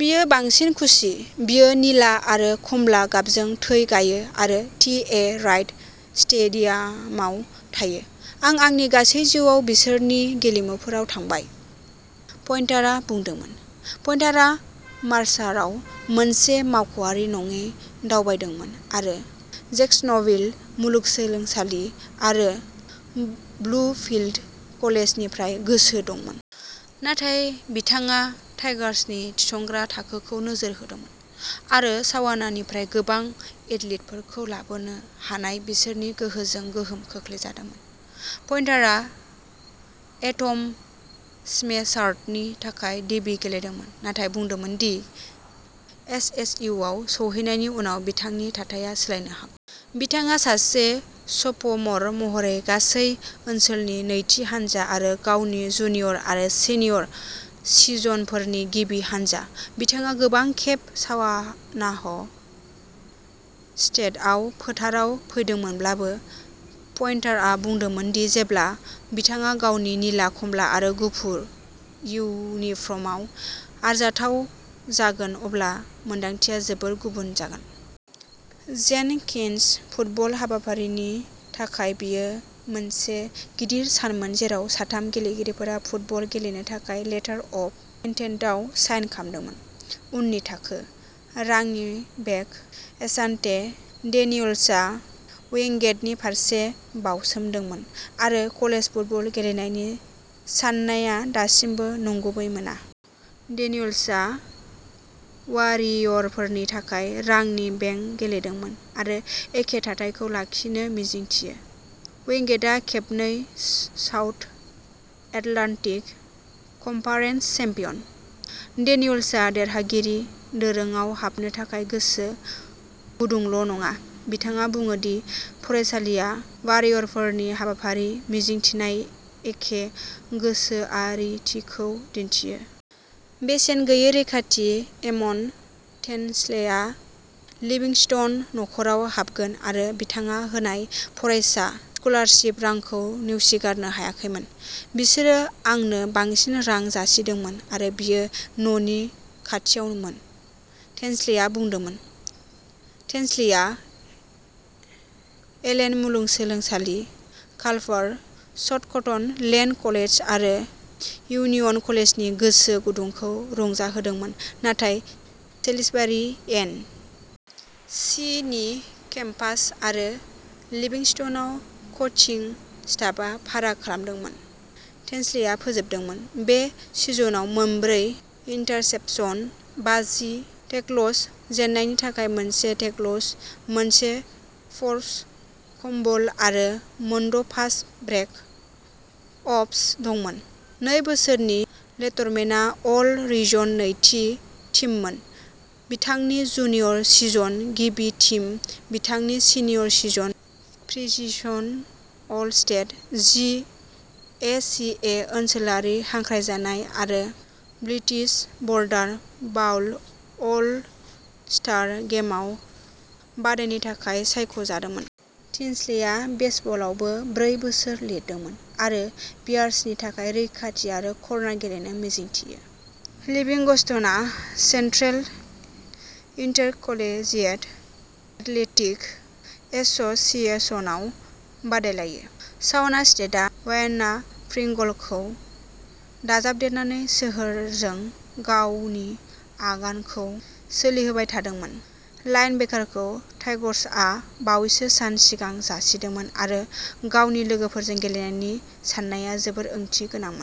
बियो बांसिन खुसि। बियो निला आरो कमला गाबजों थै गायो आरो टि. ए. राइट स्टेडियामाव थायो। "आं आंनि गासै जिउआव बिसोरनि गेलेमुफोराव थांबाय", पइन्टारआ बुंदोंमोन। पइन्टारआ मार्साराव मोनसे मावख'आरि नङि दावबायदोंमोन आरो जैक्सनविल मुलुगसोलोंसालि आरो ब्लुफिल्ड कलेजनिफ्राय गोसो दंमोन। नाथाय बिथाङा टाइगार्सनि थिसनग्रा थाखोखौ नोजोर होदोंमोन आरो सावानानिफ्राय गोबां एथलीटफोरखौ लाबोनो हानाय बिसोरनि गोहोजों गोहोम खोख्लैजादोंमोन। पइन्टारआ एटम स्मेशार्सनि थाखाय डिबि गेलेदोंमोन नाथाय बुंदोंमोन दि एसएसइउआव सौहैनायनि उनाव बिथांनि थाथाया सोलायनो हागौ। बिथाङा सासे स'फ'मर महरै गासै ओनसोलनि नैथि हानजा आरो गावनि जुनियर आरो सिनियर सिजनफोरनि गिबि हानजा। बिथाङा गोबां खेब सावानाह स्टेटआव फोथाराव फैदोंमोनब्लाबो, पइन्टारआ बुंदोंमोन दि जेब्ला बिथाङा गावनि निला, कमला आरो गुफुर इउनिफर्मआव आरजाथाव जागोन अब्ला मोन्दांथिया जोबोद गुबुन जागोन। जेनकिन्स फुटबल हाबाफारिनि थाखाय बेयो मोनसे गिदिर सानमोन जेराव साथाम गेलेगिरिफोरा फुटबल गेलेनो थाखाय लेटार अफ इन्टेन्टआव साइन खालामदोंमोन। उननि थाखो। रानिं बेक एशान्टे डेनियल्सआ विंगेटनि फारसे बाउसोमदोंमोन, आरो कलेज फुटबल गेलेनायनि साननाया दासिमबो नंगुबै मोना। डेनियल्सआ वारियरफोरनि थाखाय रानिं बेक गेलेदोंमोन आरो एखे थाथायखौ लाखिनो मिजिंथियो। विंगेटआ खेबनै साउथ एटलान्टिक कनफारेन्स चेम्पियन। डेनियल्सआ देरहागिरि दोरोंआव हाबनो थाखाय गोसो गुदुंल' नङा, बिथाङा बुङो दि फरायसालिआ वारियरफोरनि हाबाफारि मिजिंथिनाय एखे गोसोआरिथिखौ दिन्थियो। बेसेन गैयै रैखाथि एम'न टिनस्लेआ लिभिंस्टन नख'राव हाबगोन आरो बिथाङा होनाय फरायसा स्कलारशिप रांखौ नेवसिगारनो हायाखैमोन। "बिसोरो आंनो बांसिन रां जासिदोंमोन आरो बेयो न'नि खाथियावमोन", टिनस्लेआ बुंदोंमोन। टिनस्लेआ एलेन मुलुगसोलोंसालि, कालभार स्टकटन, लेन कलेज आरो यूनियन कलेजनि गोसो गुदुंखौ रंजाहोदोंमोन, नाथाय सेलिसबारि, एन. सि. नि केम्पास आरो लिभिंस्टनआव क'चिं स्टाफआ फाराग खालामदोंमोन। टिनस्लेआ फोजोबदोंमोन। बे सिजनआव मोनब्रै इन्टारसेप्शन, बाजि टेकल्स, जेननायनि थाखाय मोनसे टेकल्स, मोनसे फ'र्स फम्बल आरो मोनद'पास ब्रेक अप्स दंमोन। नै बोसोरनि लेटरमेनआ अल रिजन नैथि टीममोन, बिथांनि जुनियर सिजन, गिबि टीम बिथांनि senior season, preseason all state, G A C A ओनसोलारि हांख्रायजानाय आरो blitz border bowl all star गेमआव बादायनो थाखाय सायख' जादोंमोन। टिनस्लेआ बेसबलआवबो ब्रै बोसोर लिरदोंमोन आरो बियार्सनि थाखाय रैखाथि आरो कर्नार गेलेनो मिजिंथियो। लिविंगस्ट'ना सेन्ट्रेल इन्टारकलेजियेट एथलेटिक एस'सिएशनआव बादायलायो। सावाना स्टेटआ वान्या प्रिंगलखौ दाजाबदेरनानै सोहोरजों गावनि आगानखौ सोलिहोबाय थादोंमोन। लाइनबेकारखौ टाइगर्सआ बावैसो सान सिगां जासिदोंमोन आरो गावनि लोगोफोरजों गेलेनायनि साननाया जोबोद ओंथि गोनांमोन।